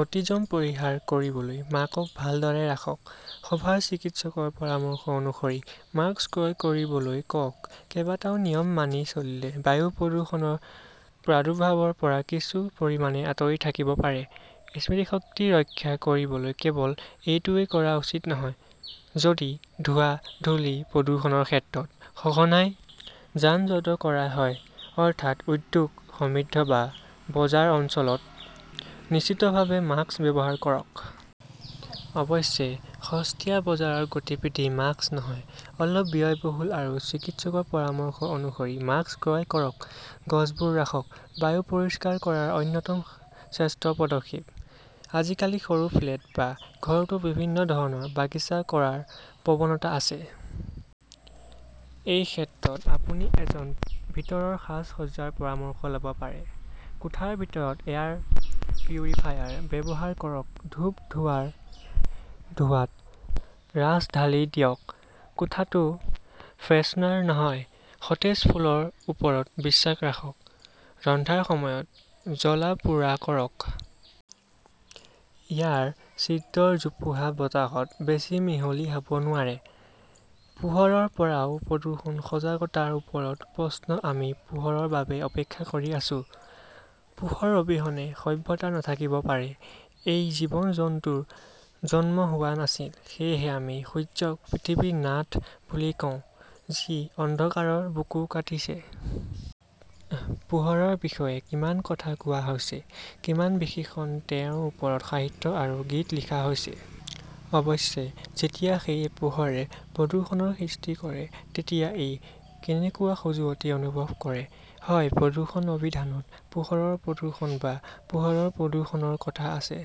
Autism পৰিহাৰ কৰিবলৈ মাকক ভালদৰে ৰাখক, সভাৰ চিকিৎসকৰ পৰামৰ্শ অনুসৰি মাস্ক ক্ৰয় কৰিবলৈ কওক কেইবাটাও নিয়ম মানি চলিলে বায়ু প্ৰদূষণৰ প্ৰাদুৰ্ভাৱৰ পৰা কিছু পৰিমাণে আঁতৰি থাকিব পাৰে। স্মৃতিশক্তি ৰক্ষা কৰিবলৈ কেৱল এইটোৱেই কৰা উচিত নহয়, যদি ধোঁৱা, ধূলি, প্ৰদূষণৰ ক্ষেত্ৰত সঘনাই যান-জঁট কৰা হয়, অৰ্থাৎ উদ্যোগ সমৃদ্ধ বা বজাৰ অঞ্চলত, নিশ্চিতভাৱে মাস্ক ব্যৱহাৰ কৰক। অৱশ্যে, সস্তীয়া বজাৰৰ গতিবিধি মাস্ক নহয়। অলপ ব্যয়বহুল আৰু চিকিৎসকৰ পৰামৰ্শ অনুসৰি মাস্ক ক্ৰয় কৰক। গছবোৰ ৰাখক। বায়ু পৰিষ্কাৰ কৰাৰ অন্যতম শ্ৰেষ্ঠ পদক্ষেপ। আজিকালি সৰু ফ্লেট বা ঘৰতো বিভিন্ন ধৰণৰ বাগিচা কৰাৰ প্ৰৱণতা আছে। এই ক্ষেত্ৰত আপুনি এজন ভিতৰৰ সাজ-সজ্জাৰ পৰামৰ্শ ল'ব পাৰে। কোঠাৰ ভিতৰত এয়াৰ পিউৰিফায়াৰ ব্যৱহাৰ কৰক। ধূপ ধোৱাৰ ধোঁৱাত ৰাছ ঢালি দিয়ক। কোঠাটো ফ্ৰেছনাৰ নহয়, সতেজ ফুলৰ ওপৰত বিশ্বাস ৰাখক। ৰন্ধাৰ সময়ত জ্বলা-পোৰা কৰক। ইয়াৰ ছিদ্ৰৰ জোপোহা বতাহত বেছি মিহলি হ'ব নোৱাৰে। পোহৰৰ পৰাও প্ৰদূষণ, সজাগতাৰ ওপৰত প্ৰশ্ন আমি পোহৰৰ বাবে অপেক্ষা কৰি আছো। পোহৰ অবিহনে সভ্যতা নাথাকিব পাৰে। এই জীৱ-জন্তুৰ জন্ম হোৱা নাছিল। সেয়েহে আমি সূৰ্যক পৃথিৱীৰ নাথ বুলি কওঁ, যি অন্ধকাৰৰ বুকু কাটিছে। পোহৰৰ বিষয়ে কিমান কথা কোৱা হৈছে, কিমান বিশেষণ তেওঁৰ ওপৰত সাহিত্য আৰু গীত লিখা হৈছে। অৱশ্যে, যেতিয়া সেই পোহৰে প্ৰদূষণৰ সৃষ্টি কৰে তেতিয়া ই কেনেকুৱা খজুৱতি অনুভৱ কৰে। হয় প্ৰদূষণ অভিধানত পোহৰৰ প্ৰদূষণ বা পোহৰৰ প্ৰদূষণৰ কথা আছে।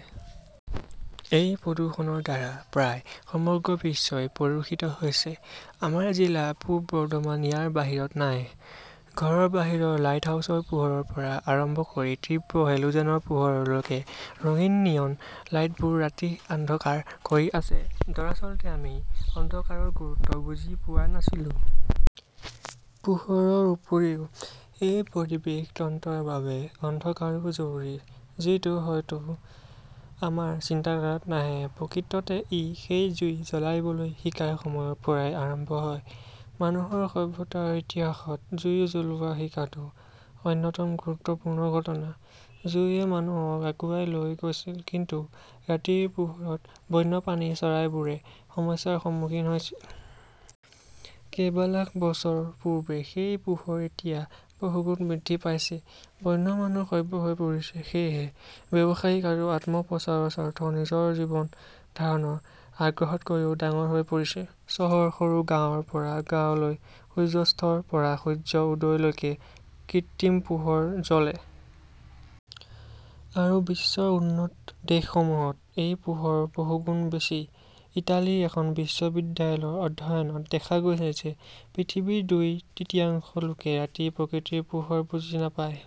এই প্ৰদূষণৰ দ্বাৰা প্ৰায় সমগ্ৰ বিশ্বই প্ৰদূষিত হৈছে। আমাৰ জিলা পূব বৰ্ধমান ইয়াৰ বাহিৰত নাই। ঘৰৰ বাহিৰৰ লাইটহাউছৰ পোহৰৰ পৰা আৰম্ভ কৰি তীব্ৰ হেলোজেনৰ পোহৰলৈকে, ৰঙীন নিয়ন লাইটবোৰ ৰাতিৰ অন্ধকাৰ কৰি আছে। দৰাচলতে আমি অন্ধকাৰৰ গুৰুত্ব বুজি পোৱা নাছিলো। পোহৰৰ উপৰিও, এই পৰিৱেশ তন্ত্ৰৰ বাবে অন্ধকাৰো জৰুৰী যিটো হয়তো আমাৰ চিন্তাধাৰাত নাহে। প্ৰকৃততে ই সেই জুই জ্বলাইবলৈ শিকাৰ সময়ৰ পৰাই আৰম্ভ হয়। মানুহৰ সভ্যতাৰ ইতিহাসত জুই জ্বলোৱা শিকাটো অন্যতম গুৰুত্বপূৰ্ণ ঘটনা। জুইয়ে মানুহক আগুৱাই লৈ গৈছিল, কিন্তু ৰাতিৰ পোহৰত বন্যপ্ৰাণী, চৰাইবোৰে সমস্যাৰ সন্মুখীন হৈছিল। কেইবা লাখ বছৰ পূৰ্বে সেই পোহৰ এতিয়া বহুগুণ বৃদ্ধি পাইছে। বন্য মানুহ সভ্য হৈ পৰিছে। সেয়েহে, ব্যৱসায়িক আৰু আত্ম-প্ৰচাৰৰ স্বাৰ্থ নিজৰ জীৱন ধাৰণৰ আগ্ৰহতকৈও ডাঙৰ হৈ পৰিছে। চহৰ, সৰু গাঁৱৰ পৰা গাঁৱলৈ সূৰ্যাস্তৰ পৰা সূৰ্য উদয়লৈকে কৃত্ৰিম পোহৰ জ্বলে। আৰু বিশ্বৰ উন্নত দেশসমূহত এই পোহৰ বহুগুণ বেছি। ইটালীৰ এখন বিশ্ববিদ্যালয়ৰ অধ্যয়নত দেখা গৈছে যে পৃথিৱীৰ দুই তৃতীয়াংশ লোকে ৰাতি প্ৰকৃতিৰ পোহৰ বুজি নাপায়।